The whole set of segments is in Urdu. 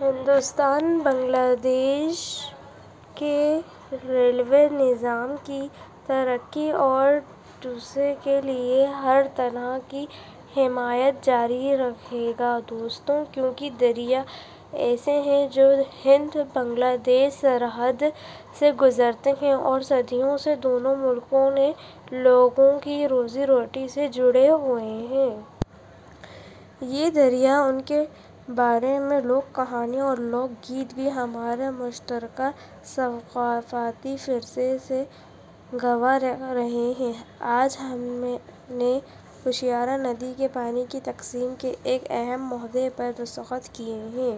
ہندوستان، بنگلہ دیش کے ریلوے نظام کی ترقی اور توسیع کے لیے ہر طرح کی حمایت جاری رکھے گا۔ دوستو، چونکہ دریا ایسے ہیں جو ہند بنگلہ دیش سرحد سے گزرتے ہیں اور صدیوں سے دونوں ممالک کے لوگوں کی روزی روٹی سے جڑے ہوئے ہیں۔ یہ دریا، ان کے بارے میں لوک کہانیاں اور لوک گیت بھی ہمارے مشترکہ ثقافتی ورثے کے گواہ رہے ہیں۔ آج ہم نے کشیارا ندی کے پانی کی تقسیم کے ایک اہم معاہدے پر دستخط کیے ہیں۔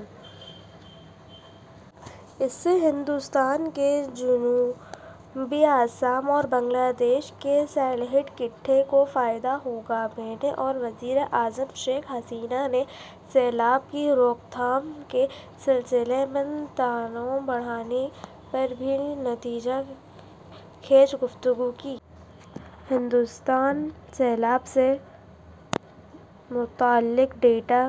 اس سے ہندوستان کے جنوبی آسام اور بنگلہ دیش کے سلہٹ خطے کو فائدہ ہوگا۔ میں نے اور وزیر اعظم شیخ حسینہ نے سیلاب کی روک تھام کے سلسلے میں تعاون بڑھانے پر بھی نتیجہ خیز گفتگو کی۔ ہندوستان سیلاب سے متعلق ڈیٹا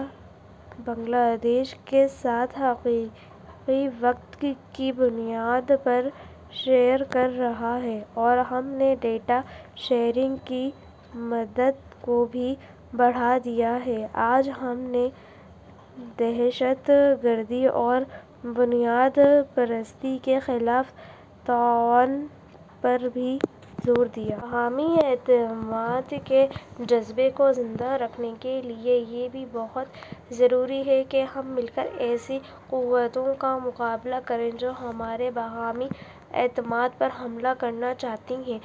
بنگلہ دیش کے ساتھ حقیقی وقت کی بنیاد پر شیئر کر رہا ہے اور ہم نے ڈیٹا شیئرنگ کی مدت کو بھی بڑھا دیا ہے۔ آج ہم نے دہشت گردی اور بنیاد پرستی کے خلاف تعاون پر بھی زور دیا۔ باہمی اعتماد کے جذبے کو زندہ رکھنے کے لیے یہ بھی بہت ضروری ہے کہ ہم مل کر ایسی قوتوں کا مقابلہ کریں جو ہمارے باہمی اعتماد پر حملہ کرنا چاہتی ہیں۔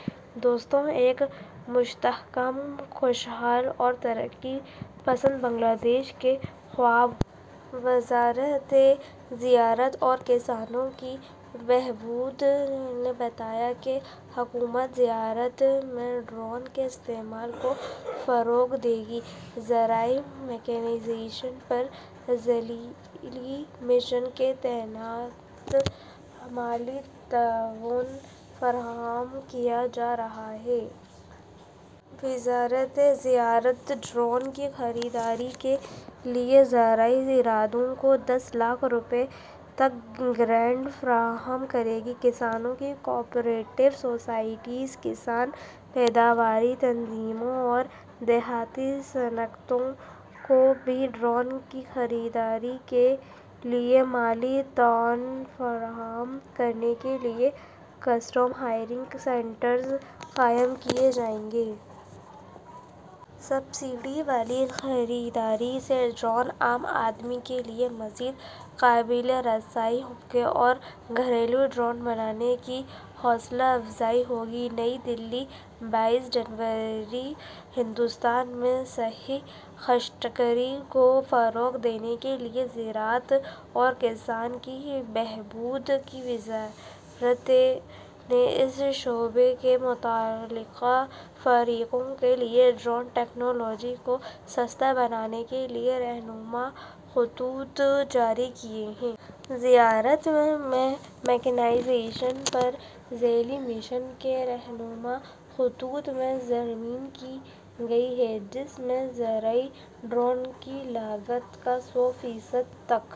دوستو، ایک مستحکم، خوشحال اور ترقی پسند بنگلہ دیش کے خواب کو۔ وزارت زراعت اور کسانوں کی بہبود نے بتایا کہ حکومت زراعت میں ڈرون کے استعمال کو فروغ دے گی۔ زرعی میکانائزیشن پر ذیلی مشن کے تحت مالی تعاون فراہم کیا جا رہا ہے۔ وزارت زراعت ڈرون کی خریداری کے لیے زرعی اداروں کو دس لاکھ روپے تک گرانٹ فراہم کرے گی۔ کسانوں کی کوآپریٹو سوسائٹیوں، کسان پیداوار تنظیموں اور دیہی صنعت کاروں کو بھی ڈرون کی خریداری کے لیے مالی تعاون فراہم کرنے کے لیے کسٹم ہائرنگ سینٹرز قائم کیے جائیں گے۔ سبسڈی والی خریداری سے ڈرون عام آدمی کے لیے مزید قابل رسائی ہوں گے اور گھریلو ڈرون بنانے کی حوصلہ افزائی ہوگی۔ نئی دہلی، بائیس جنوری۔ ہندوستان میں صحیح کاشت کاری کو فروغ دینے کے لیے زراعت اور کسانوں کی بہبود کی وزارت نے اس شعبے کے متعلقہ فریقوں کے لیے ڈرون ٹیکنالوجی کو سستا بنانے کے لیے رہنما خطوط جاری کیے ہیں۔ زراعت میں میکانائزیشن پر ذیلی مشن کے رہنما خطوط میں ترمیم کی گئی ہے، جس میں زرعی ڈرون کی لاگت کا سو فیصد تک...